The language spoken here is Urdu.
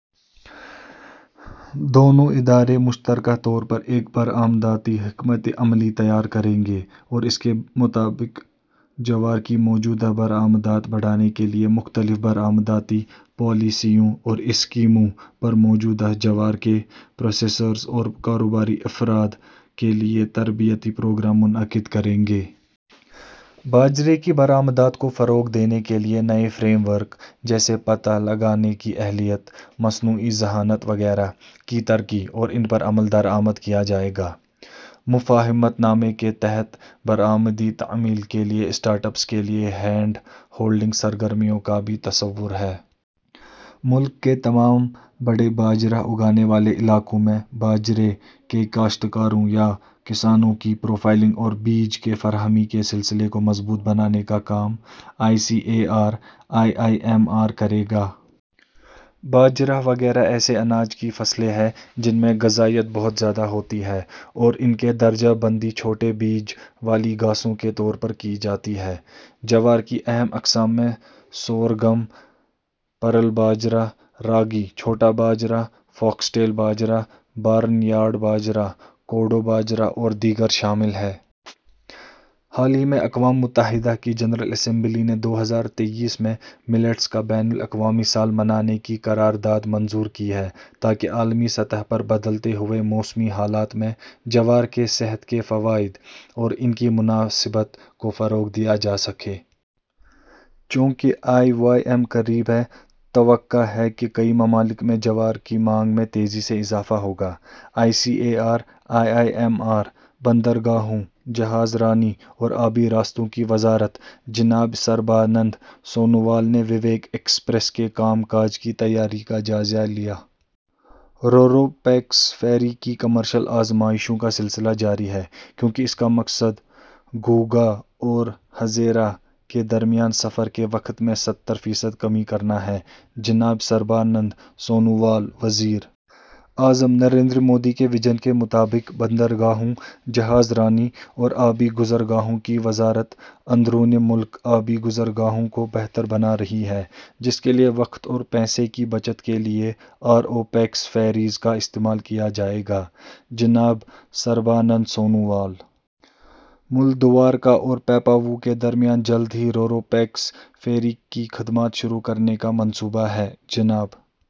دونوں ادارے مشترکہ طور پر ایک برآمداتی حکمتِ عملی تیار کریں گے اور اس کے مطابق جوار کی موجودہ برآمدات بڑھانے کے لیے مختلف برآمداتی پالیسیوں اور اسکیموں پر موجودہ جوار کے پروسیسرز اور کاروباری افراد کے لیے تربیتی پروگرام منعقد کریں گے۔ باجرے کی برآمدات کو فروغ دینے کے لیے نئے فریم ورک، جیسے پتہ لگانے کی اہلیت، مصنوعی ذہانت وغیرہ، کی ترقی اور ان پر عمل درآمد کیا جائے گا۔ مفاہمت نامے کے تحت برآمدی تعمیل کے لیے اسٹارٹ اپس کے لیے ہینڈ ہولڈنگ سرگرمیوں کا بھی تصور ہے۔ ملک کے تمام بڑے باجرہ اگانے والے علاقوں میں باجرے کے کاشتکاروں یا کسانوں کی پروفائلنگ اور بیج کی فراہمی کے سلسلے کو مضبوط بنانے کا کام I C A R I I M R کرے گا۔ باجرہ وغیرہ ایسے اناج کی فصلیں ہیں جن میں غذائیت بہت زیادہ ہوتی ہے اور ان کی درجہ بندی چھوٹے بیج والی گھاسوں کے طور پر کی جاتی ہے۔ جوار کی اہم اقسام میں سورگم، پرل باجرہ، راگی، چھوٹا باجرہ، فاکس ٹیل باجرہ، بارن یارڈ باجرہ، کوڈو باجرہ اور دیگر شامل ہیں۔ حال ہی میں، اقوام متحدہ کی جنرل اسمبلی نے دو ہزار تئیس میں ملیٹس کا بین الاقوامی سال منانے کی قرارداد منظور کی ہے تاکہ عالمی سطح پر بدلتے ہوئے موسمی حالات میں جوار کے صحت کے فوائد اور ان کی مناسبت کو فروغ دیا جا سکے۔ چونکہ آئی وائی ایم قریب ہے، توقع ہے کہ کئی ممالک میں جوار کی مانگ میں تیزی سے اضافہ ہوگا۔ I C A R I I M R. بندرگاہوں، جہاز رانی اور آبی راستوں کی وزارت جناب سربانند سونووال نے وویک ایکسپریس کے کام کاج کی تیاری کا جائزہ لیا۔ رو رو پیکس فیری کی کمرشل آزمائشوں کا سلسلہ جاری ہے، کیونکہ اس کا مقصد گھوگھا اور ہزیرا کے درمیان سفر کے وقت میں ستر فیصد کمی کرنا ہے: جناب سربانند سونووال۔ وزیر اعظم نریندر مودی کے وژن کے مطابق، بندرگاہوں، جہاز رانی اور آبی گزرگاہوں کی وزارت اندرونِ ملک آبی گزرگاہوں کو بہتر بنا رہی ہے، جس کے لیے وقت اور پیسے کی بچت کے لیے آر او پیکس فیریز کا استعمال کیا جائے گا: جناب سربانند سونووال۔ ملدوارکا اور پیپاوو کے درمیان جلد ہی رو رو پیکس فیری کی خدمات شروع کرنے کا منصوبہ ہے: جناب